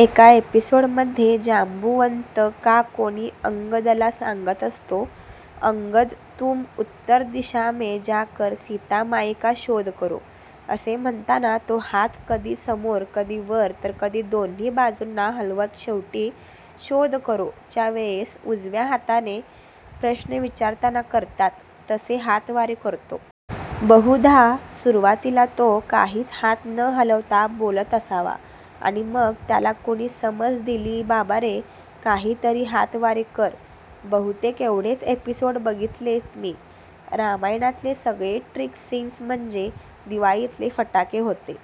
एका एपीसोड मध्ये जांबुवंत का कोणी अंगदला सांगत असतो "अंगद, तुम उत्तर दिशामे जाकर सीता माई का शोध करो. " असे म्हणताना तो हात कधी समोर, कधी वर तर कधी दोन्ही बाजूंना हलवत शेवटी "शोध करो" च्या वेळेस उजव्या हाताने, प्रश्न विचारताना करतात तसे हातवारे करतो. बहुधा सुरवातीला तो काहीच हात न हलवता बोलत असावा आणि मग त्याला कुणी समज दिली बाबा रे काही तरी हातवारे कर. बहुतेक एवढेच एपिसोड बघितलेत मी. रामायणातले सगळे ट्रिक सीन्स म्हणजे दिवाळीतले फटाके होते..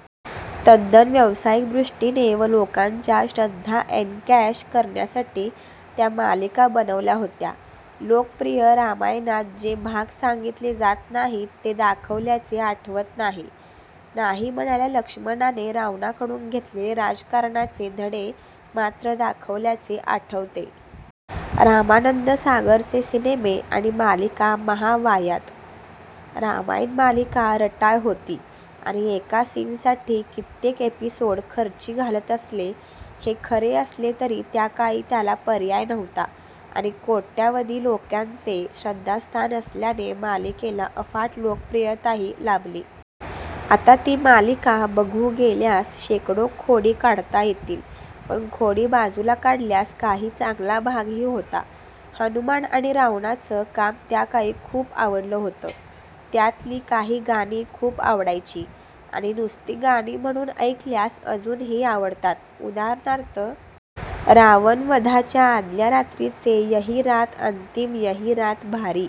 तद्दन व्यावसायिक दृष्टीने व लोकांच्या श्रद्धा एनकॅश करण्यासाठी त्या मालिका बनवल्या होत्या. लोकप्रिय रामायणात जे भाग सांगितले जात नाहीत ते दाखवल्याचे आठवत नाही. नाही म्हणायला लक्ष्मणाने रावणाकडून घेतलेले राजकारणाचे धडे मात्र दाखवल्याचे आठवतेय. रामानन्द सागरचे सिनेमे आणि मालिका महावाह्यात. रामायण मालिका रटाळ होती आणि एका सीनसाठी कित्येक एपिसोड खर्ची घालत असले हे खरे असले तरी त्याकाळी त्याला पर्याय नव्हता आणि कोट्यावधी लोकांचे श्रध्दास्थान असल्याने मालिकेला अफाट लोकप्रियताही लाभली. आता ती मालिका बघू गेल्यास शेकडो खोडी काढता येतील. पण खोडी बाजूला काढल्यास काही चांगला भागही होता. हनुमान आणि रावणाचं काम त्याकाळी खूप आवडलं होतं. त्यातली काही गाणी खूप आवडायची आणि नुसती गाणी म्हणून ऐकल्यास अजूनही आवडतात, उदा. रावणवधाच्या आदल्या रात्रीचे 'यही रात अंतिम यही रात भारी'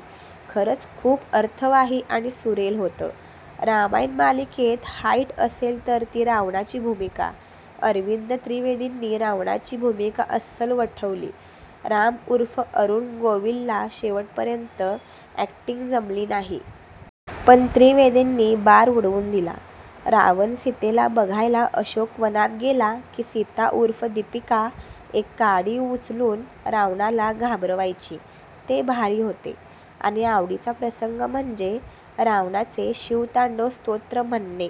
खरंच खूप अर्थवाही आणि सुरेल होतं. रामायण मालिकेत हाईट असेल तर ती रावणाची भूमिका. अरविंद त्रिवेंदींनी रावणाची भूमिका अस्सल वठवली. राम उर्फ अरुण गोविलला शेवटपर्यंत अॅक्टिंग जमली नाही. पण त्रिवेदींनी बार उडवुन दिला. रावण सीतेला बघायला अशोक वनात गेला की सीता उर्फ दिपीका एक काडी उचलुन रावणाला घाबरवायची ते भारी होते. आणी आवडीचा प्रसंग म्हणजे रावणाचे शिवतांडव स्तोत्र म्हणणे.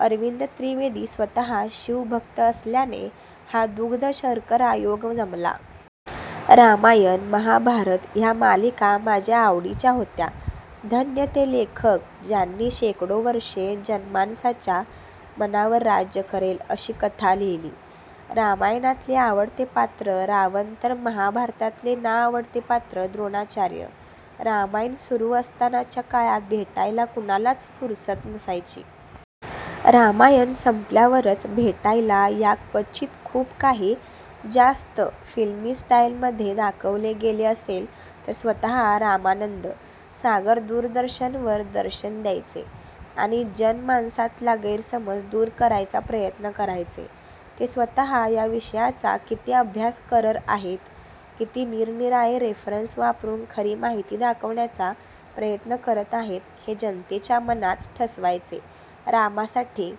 अरविंद त्रिवेदी स्वतः शिव भक्त असल्याने हा दुग्ध-शर्करा योग जमला. रामायण, महाभारत ह्या मालिका माझ्या आवडीच्या होत्या. धन्य ते लेखक ज्यांनी शेकडो वर्षे जनमानसाच्या मनावर राज्य करेल अशी कथा लिहली. रामायणातले आवडते पात्र रावण तर महाभारतातले नावडते पात्र द्रोणाचार्य. रामायण सुरु असतानाच्या काळात भेटायला कुणालाच फुरसत नसायची. रामायण सम्पल्यावरच भेटायला याक्वचित खुप काही 'जास्त' फिल्मी स्टाईलमधे दाखवले गेले असेल तर स्वत: रामानन्द सागर दुरदर्शनवर दर्शन द्यायचे आणि जनमानसातला गैरसमज दुर करायचा प्रयत्न करायचे. ते स्वत: या विषयाचा किती अभ्यास करर आहेत, किती निर-निराळे रेफरन्स वापरुन खरी माहिती दाखवण्याचा प्रयत्न करत आहेत हे जनतेच्या मनात ठसवायचे. रामासाठी